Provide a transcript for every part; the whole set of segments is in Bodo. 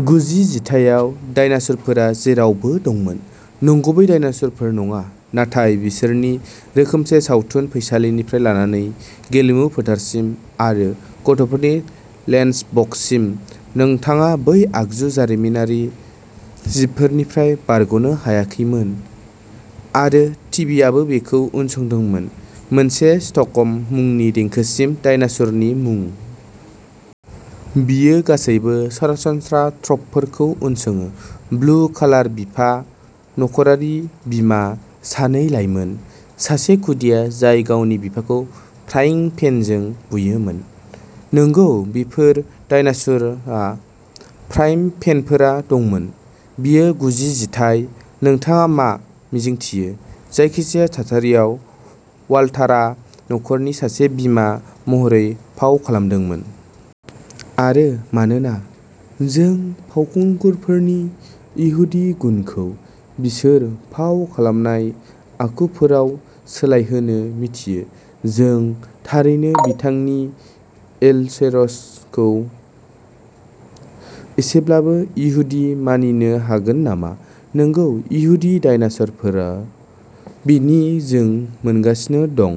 गुजि जिथाइयाव, डायनासुरफोरा जेरावबो दंमोन। नंगुबै डायनासुरफोर नङा। नाथाय बिसोरनि रोखोमसे सावथुन फैसालिनिफ्राय लानानै गेलेमु फोथारसिम आरो गथ'फोरनि लेन्सबक्ससिम, नोंथाङा बै आगु जारिमिनारि जिबफोरनिफ्राय बारग'नो हायाखैमोन। आरो टिभिआबो बेखौ उनसंदोंमोन। मोनसे सिटकम मुंनि देंखोसिम, डायनासुर‌ मुंनि। बेयो गासैबो सरासनस्रा ट्रपफोरखौ उनसङो। ब्लु कालार बिफा, न'खरारि बिमा, सानै लाइमोन, सासे खुदिया जाय गावनि बिफाखौ फ्राइं पेनजों बुयोमोन। नंगौ, बेफोर डायनासुरहा फ्राइं पेनफोर दंमोन। बेयो गुजि जिथाइ। नोंथाङा मा मिजिंथियो। जायखिजाया थासारियाव, वालटारा नखरनि सासे बिमा महरै फाव खालामदोंमोन। आरो मानोना जों फावखुंगुरफोरनि इहुदि गुनखौ बिसोर फाव खालामनाय आखुफोराव सोलायहोनो मिथियो। जों थारैनो बिथांनि एल'सोरासखौ एसेब्लाबो इहुदि मानिनो हागोन नामा? नंगौ। इहुदि डायनासोरफोर। बेनि जों मोनगासिनो दं।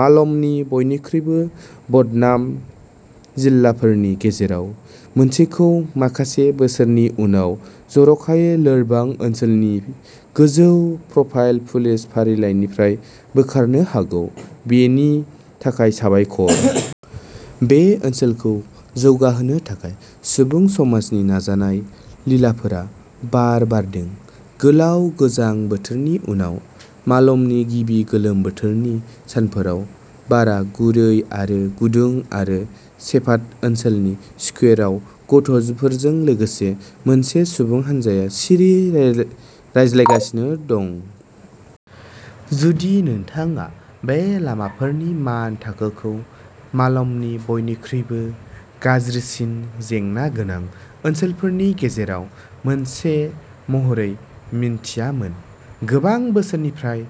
मालम'नि बयनिख्रुइबो बदनाम जिल्लाफोरनि गेजेराव मोनसेखौ माखासे बोसोरनि उनाव जर'खायै लोरबां ओनसोलफोरनि गोजौ प्रफाइल पुलिस फारिलाइनिफ्राय बोखारनो हागौ, बेनि थाखाय साबायखर। बे ओनसोलखौ जौगाहोनो थाखाय सुबुं समाजनि नाजानाय। लिलाफोरा बार बारदों। गोलाव गोजां बोथोरनि उनाव मालम'नि गिबि गोलोम बोथोरनि सानफोराव बारआ गुरै आरो गुदुं आरो सेभाद ओनसोलनि स्कुवेराव गथ'फोरजों लोगोसे मोनसे सुबुं हानजाया सिरियै रायज्लायगासिनो दं। जुदि नोंथाङा बे लामाफोरनि मान थाखोखौ मालम'नि बयनिख्रुइ गाज्रिसिन जेंना गोनां ओनसोलफोरनि गेजेराव मोनसे महरै मिनथियामोन। गोबां बोसोरनिफ्राय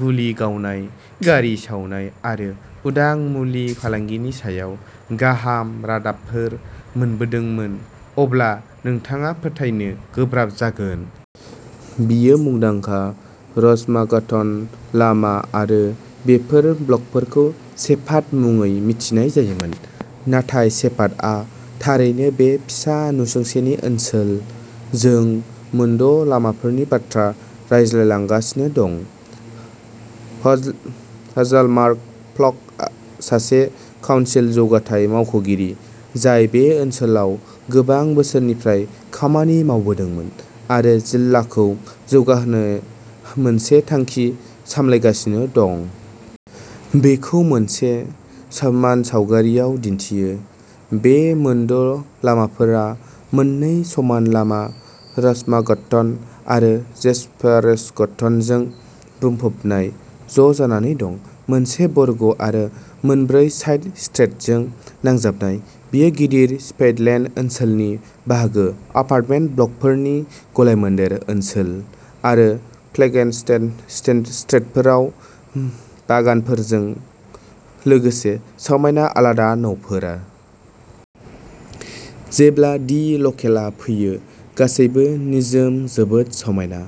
गुलि गावनाय, गारि सावनाय आरो उदां मुलि फालांगिनि सायाव गाहाय रादाबफोर मोनबोदोंमोन। अब्ला नोंथाङा फोथायनो गोब्राब जागोन। बेयो मुंदांखा रासमासगतान लामा आरो बेफोर ब्लकफोरखौ सेभाद मुङै मिथिनाय जायो, नाथाय सेभादआ थारैनो बे फिसा नसुंसेनि ओनसोल, जों मोनद'लामाफोरनि बाथ्रा रायज्लांगासिनो दं। हज हजलमार क्लक, सासे काउनसिल जौगाथाय मावख'गिरि जाय बे ओनसोलाव गोबां बोसोरनिफ्राय खामानि मावदोंमोन आरो जिल्लाखौ जौगाहोनो मोनसे बिथांखि सामलायगासिनो दं। बेखौ मोनसे मानसावगारियाव दिन्थियो। बे मोनद'लामाफोरा मोन्नै समान लामा रासमसगतान आरो जेस्पारसगतानजों बुंफबनाय‌ ज'जानानै दं। मोनसे बर्ग आरो मोनब्रै साइड स्ट्रिटजों नांजाबनाय। बेयो गिदिर सफियेलान्ड ओनसोलनि बाहागो, एपार्टमेन्ट ब्लकफोरनि गलायमोन्देर ओनसोल आरो फ्लेगस्टोन स्ट्रिटफोराव बागानफोरजों लोगोसे समायना, आलादा न'फोर। जेब्ला दि लकेलआ फैयो, गासैबो निजोम, जोबोद समायना,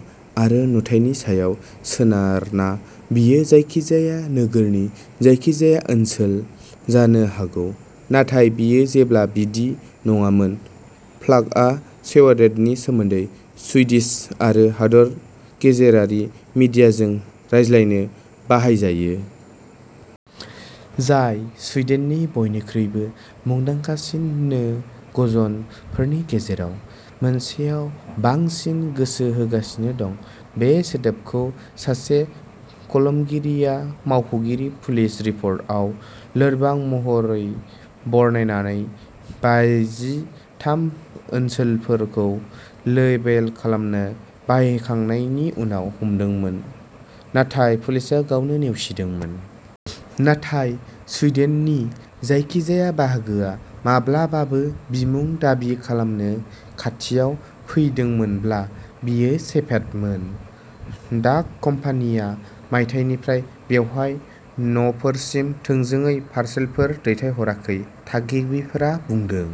आरो नुथायनि सायाव सोनारना बेयो जायखिजाया नोगोरनि जायखिजाया ओनसोल जानो हागौ। नाथाय बेयो जेब्लाबो बिदि नङामोन। फाल्कआ सेवेदनि सोमोन्दै सुइडिश आरो हादोर गेजेरारि मिडियाजों रायज्लायनो बाहायजायो। जाय सुइडेननि बयनिख्रुइबो मुंदांखासिन नो ग'जन फोरनि गेजेराव मोनसेयाव बांसिन गोसो होगासिनो दं। बे सोदोबखौ सासे कलमगिरिआ मावख'गिरि पुलिस रिपर्टआव लोरबां महरै बरनायनाय बाजि थाम ओनसोलफोरखौ लेबेल खालामनो बाहायखांनायनि उनाव हमदोंमोन। नाथाय पुलिसआ गावनो नेवसिदोंमोन। नाथाय सुइडेननि जायखिजाया बाहागोआ माब्लाबाबो बिमुं दाबि खालामनो खाथियाव फैदोंमोनब्ला, बेयो सेभेदमोन। डाक कम्पानिया मायथाइनिफ्राय बेवहाय न'फोरसिम थोंजों पारसेलफोर दैथायहराखै, थागिरिफोरा बुंदों।